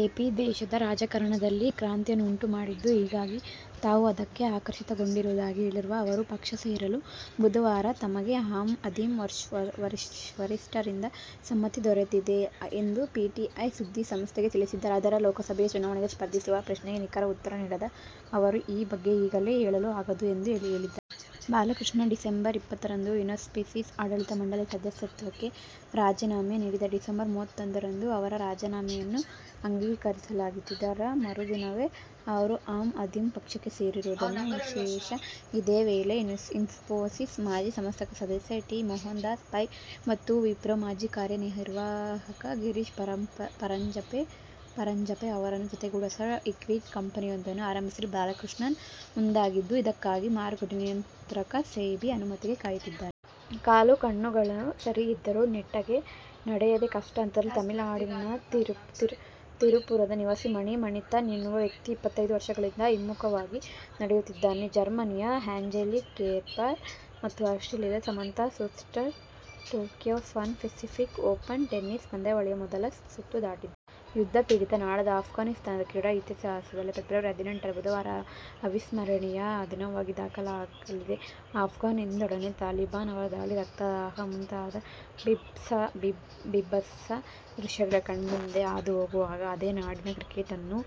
AAP ದೇಶದ ರಾಜಕಾರಣದಲ್ಲಿ ಕ್ರಾಂತಿಯನ್ನು ಉಂಟು ಮಾಡಿದ್ದು, ಹೀಗಾಗಿ ತಾವು ಅದಕ್ಕೆ ಆಕರ್ಷಿತಗೊಂಡಿರುವುದಾಗಿ ಹೇಳಿರುವ ಅವರು, ಪಕ್ಷ ಸೇರಲು ಬುಧವಾರ ತಮಗೆ ಆಮ್ ಆದ್ಮಿ ವರಿಷ್ಠರಿಂದ ಸಮ್ಮತಿ ದೊರೆತಿದೆ ಎಂದು ಪಿಟಿಐ ಸುದ್ದಿಸಂಸ್ಥೆಗೆ ತಿಳಿಸಿದ್ದಾರೆ. ಆದರೆ ಲೋಕಸಭೆ ಚುನಾವಣೆಗೆ ಸ್ಪರ್ಧಿಸುವ ಪ್ರಶ್ನೆಗೆ ನಿಖರ ಉತ್ತರ ನೀಡದ ಅವರು, ''ಈ ಬಗ್ಗೆ ಈಗಲೇ ಹೇಳಲು ಆಗದು'' ಎಂದು ಹೇಳಿದ್ದಾರೆ. ಬಾಲಕೃಷ್ಣನ್ ಡಿಸಂಬರ್ ಇಪ್ಪತ್ತರಂದು ಇನ್ಫೋಸಿಸ್ ಆಡಳಿತ ಮಂಡಳಿಯ ಸದಸ್ಯತ್ವಕ್ಕೆ ರಾಜೀನಾಮೆ ನೀಡಿದ್ದರು. ಡಿಸಂಬರ್ ಮೂವತ್ತೊಂದರಂದು ಅವರ ರಾಜೀನಾಮೆಯನ್ನು ಅಂಗೀಕರಿಸಲಾಗಿತ್ತು. ಇದರ ಮರುದಿನವೇ ಅವರು ಆಮ್ ಆದ್ಮಿ ಪಕ್ಷಕ್ಕೆ ಸೇರಿರುವುದು ವಿಶೇಷ. ಇದೇ ವೇಳೆ, ಇನ್ಫೋಸಿಸ್ ಮಾಜಿ ಸಂಸ್ಥಾಪಕ ಸದಸ್ಯ ಟಿ. ಮೋಹನದಾಸ ಪೈ ಮತ್ತು ವಿಪ್ರೋ ಮಾಜಿ ಕಾರ್ಯನಿರ್ವಾಹಕ ಗಿರೀಶ ಪರಾಂಜಪೆ ಅವರ ಜತೆಗೂಡಿ ಹೊಸ ಈಕ್ವಿಟಿ ಕಂಪನಿಯೊಂದನ್ನು ಆರಂಭಿಸಲು ಬಾಲಕೃಷ್ಣನ್ ಮುಂದಾಗಿದ್ದು, ಇದಕ್ಕಾಗಿ ಮಾರುಕಟ್ಟೆ ನಿಯಂತ್ರಕ ಸೆಬಿ ಅನುಮತಿಗೆ ಕಾಯುತ್ತಿದ್ದಾರೆ. ಕಾಲು ಕಣ್ಣುಗಳು ಸರಿ ಇದ್ದರೂ ನೆಟ್ಟಗೆ ನಡೆಯೋದು ಕಷ್ಟ. ಅಂಥದ್ರಲ್ಲಿ ತಮಿಳುನಾಡಿನ ತಿರುಪುರದ ನಿವಾಸಿ ಮಣಿ ಮಣಿಥನ್ ಎನ್ನುವ ವ್ಯಕ್ತಿ ಇಪ್ಪತ್ತೈದು ವರ್ಷಗಳಿಂದ ಹಿಮ್ಮುಖವಾಗಿ ನಡೆಯುತ್ತಿದ್ದಾನೆ. ಜರ್ಮನಿಯ ಆ್ಯಂಜೆಲಿಕ್ ಕೆರ್ಬರ್ ಮತ್ತು ಆಸ್ಟ್ರೇಲಿಯದ Samantha Stosur "Tokyo Pan Pacific Open' tennis ಪಂದ್ಯಾವಳಿಯ ಮೊದಲ ಸುತ್ತು ದಾಟಿದ್ದಾರೆ. ಯುದ್ಧಪೀಡಿತ ನಾಡಾದ ಅಫ್ಘಾನಿಸ್ಥಾನದ ಕ್ರೀಡಾ ಇತಿಹಾಸದಲ್ಲಿ ಫೆಬ್ರವರಿ ಹದಿನೆಂಟರ ಬುಧವಾರ ಅವಿಸ್ಮರಣೀಯ ದಿನವಾಗಿ ದಾಖಲಾಗಲಿದೆ. ಅಫ್ಘಾನ್ ಎಂದೊಡನೆ ತಾಲಿಬಾನ್, ಅವರ ದಾಳಿ, ರಕ್ತದಾಹ ಮುಂತಾದ ಭೀಭತ್ಸ ದೃಶ್ಯಗಳೇ ಕಣ್ಮುಂದೆ ಹಾದು ಹೋಗುವಾಗ, ಅದೇ ನಾಡಿನ ಕ್ರಿಕೆಟನ್ನು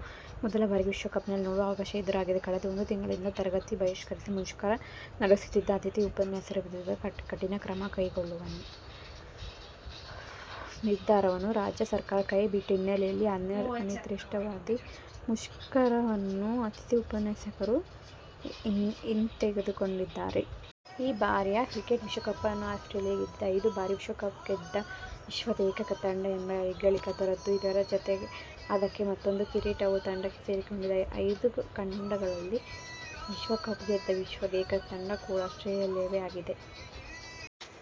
ಮೊದಲ ಬಾರಿಗೆ ವಿಶ್ವಕಪ್ನಲ್ಲಿ ನೋಡುವ ಅವಕಾಶ ಎದುರಾಗಿದೆ. ಕಳೆದ ಒಂದು ತಿಂಗಳಿಂದ ತರಗತಿ ಬಹಿಷ್ಕರಿಸಿ ಮುಷ್ಕರ ನಡೆಸುತ್ತಿದ್ದ ಅತಿಥಿ ಉಪನ್ಯಾಸರ ವಿರುದ್ಧದ ಕಠಿಣ ಕ್ರಮ ಕೈಗೊಳ್ಳುವ ನಿರ್ಧಾರವನ್ನು ರಾಜ್ಯ ಸರ್ಕಾರ ಕೈ ಬಿಟ್ಟ ಹಿನ್ನೆಲೆಯಲ್ಲಿ ಅನಿರ್ದಿಷ್ಟಾವಧಿ ಮುಷ್ಕರವನ್ನು ಅತಿಥಿ ಉಪನ್ಯಾಸಕರು ಹಿಂತೆಗೆದುಕೊಂಡಿದ್ದಾರೆ. ಈ ಬಾರಿಯ ಕ್ರಿಕೆಟ್ ವಿಶ್ವಕಪ್ ಅನ್ನು ಆಸ್ಟ್ರೇಲಿಯ ಗೆದ್ದಿದೆ. ಐದು ಬಾರಿ ವಿಶ್ವಕಪ್ ಗೆದ್ದ ವಿಶ್ವದ ಏಕೈಕ ತಂಡ ಎಂಬ ಹೆಗ್ಗಳಿಕೆ ಅದರದ್ದು. ಇದರ ಜತೆಗೆ ಅದಕ್ಕೆ ಮತ್ತೂಂದು ಕಿರೀಟವೂ ತಂಡಕ್ಕೆ ಸೇರಿಕೊಂಡಿದೆ. ಐದು ಖಂಡಗಳಲ್ಲಿ ವಿಶ್ವಕಪ್ ಗೆದ್ದ ವಿಶ್ವದ ಏಕೈಕ ತಂಡ ಕೂಡ ಆಸ್ಟ್ರೇಲಿಯವೇ ಆಗಿದೆ.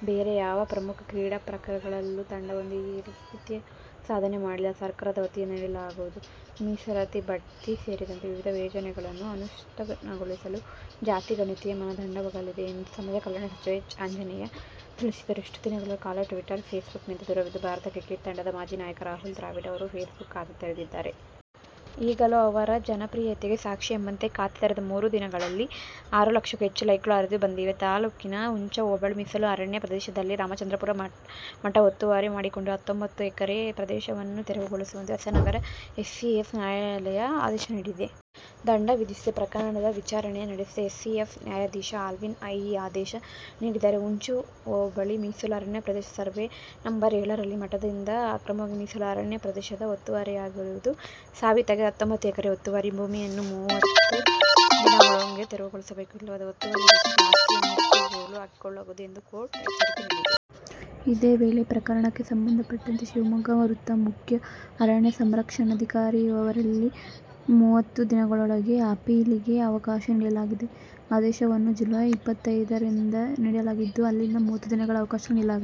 ಬೇರೆ ಯಾವ ಪ್ರಮುಖ ಕ್ರೀಡಾ ಪ್ರಕಾರಗಳಲ್ಲೂ ತಂಡವೊಂದು ಈ ರೀತಿಯ ಸಾಧನೆ ಮಾಡಿಲ್ಲ. ಸರ್ಕಾರದ ವತಿಯಿಂದ ನೀಡಲಾಗುವ ಮೀಸಲಾತಿ, ಬಡ್ತಿ ಸೇರಿದಂತೆ ವಿವಿಧ ಯೋಜನೆಗಳನ್ನು ಅನುಷ್ಠಾನಗೊಳಿಸಲು ಜಾತಿ ಗಣತಿಯೇ ಮಾನದಂಡ ವಾಗಲಿದೆ ಎಂದು ಸಮಾಜ ಕಲ್ಯಾಣ ಸಚಿವ ಎಚ್. ಆಂಜನೇಯ ತಿಳಿಸಿದರು. ಇಷ್ಟು ದಿನಗಳ ಕಾಲ ಟ್ವೀಟರ್, ಫೇಸ್ಬುಕ್ನಿಂದ ದೂರವಿದ್ದ ಭಾರತ ಕ್ರಿಕೆಟ್ ತಂಡದ ಮಾಜಿ ನಾಯಕ ರಾಹುಲ್ ದ್ರಾವಿಡ್ ಅವರು ಫೇಸ್ ಬುಕ್ ಖಾತೆ ತೆರೆದಿದ್ದಾರೆ. ಈಗಲೂ ಅವರ ಜನಪ್ರಿಯತೆಗೆ ಸಾಕ್ಷಿ ಎಂಬಂತೆ ಖಾತೆ ತೆರದ ಮೂರು ದಿನಗಳಲ್ಲೆ ಆರು ಲಕ್ಷಕ್ಕೂ ಹೆಚ್ಚು ಲೈಕ್ಗಳು ಹರಿದು ಬಂದಿವೆ. ತಾಲೂಕಿನ ಹುಂಚಾ ಹೋಬಳಿ ಮೀಸಲು ಅರಣ್ಯ ಪ್ರದೇಶದಲ್ಲಿ ರಾಮಚಂದ್ರಾಪುರ ಮಠ ಒತ್ತುವರಿ ಮಾಡಿಕೊಂಡಿರುವ ಹತ್ತೊಂಬತ್ತು ಎಕರೆ ಪ್ರದೇಶವನ್ನು ತೆರವುಗೊಳಿಸುವಂತೆ ಹೊಸನಗರ ಎಸಿಎಫ್ ನ್ಯಾಯಾಲಯ ಆದೇಶ ನೀಡಿದೆ. ದಂಡ ವಿಧಿಸಿದೆ. ಪ್ರಕರಣದ ವಿಚಾರಣೆ ನಡೆಸಿದ ಎಸಿಎಫ್ ನ್ಯಾಯಾಧೀಶ ಆಲ್ವಿನ್ ಈ ಆದೇಶ ನೀಡಿದ್ದಾರೆ. ಹುಂಚಾ ಹೋಬಳಿ ಮೀಸಲು ಅರಣ್ಯ ಪ್ರದೇಶದ ಸರ್ವೇ ನಂ.ಏಳರಲ್ಲಿ ಮಠದಿಂದ ಅಕ್ರಮವಾಗಿ ಮೀಸಲು ಅರಣ್ಯ ಪ್ರದೇಶ ಒತ್ತುವರಿಯಾಗಿರುವುದು ಸಾಬೀತಾಗಿದೆ. ಹತ್ತೊಂಬತ್ತು ಎಕರೆ ಒತ್ತುವರಿ ಭೂಮಿಯನ್ನು ಮೂವತ್ತು ದಿನಗಳೊಳಗೆ ತೆರವುಗೊಳಿಸಬೇಕು. ಇಲ್ಲವಾದಲ್ಲಿ ಒತ್ತುವರಿ ಪ್ರದೇಶದಲ್ಲಿರುವ ಆಸ್ತಿಯನ್ನು ಮುಟ್ಟುಗೋಲು ಹಾಕಿಕೊಳ್ಳಲಾಗುವುದು ಎಂದು ಕೋರ್ಟ್ ಎಚ್ಚರಿಕೆ ನೀಡಿದೆ. ಇದೇ ವೇಳೆ, ಪ್ರಕರಣಕ್ಕೆ ಸಂಬಂಧಪಟ್ಟಂತೆ ಶಿವಮೊಗ್ಗ ವೃತ್ತ ಮುಖ್ಯ ಅರಣ್ಯ ಸಂರಕ್ಷಣಾಧಿಕಾರಿಯವರಲ್ಲಿ ಮೂವತ್ತು ದಿನಗಳೊಳಗೆ ಅಪೀಲಿಗೆ ಅವಕಾಶ ನೀಡಲಾಗಿದೆ. ಆದೇಶವನ್ನು ಜುಲೈ ಇಪ್ಪತ್ತೈದರಂದೇ ನೀಡ ಲಾಗಿದ್ದು, ಅಲ್ಲಿಂದ ಮೂವತ್ತು ದಿನಗಳ ಅವಕಾಶ ನೀಡಲಾಗಿದೆ.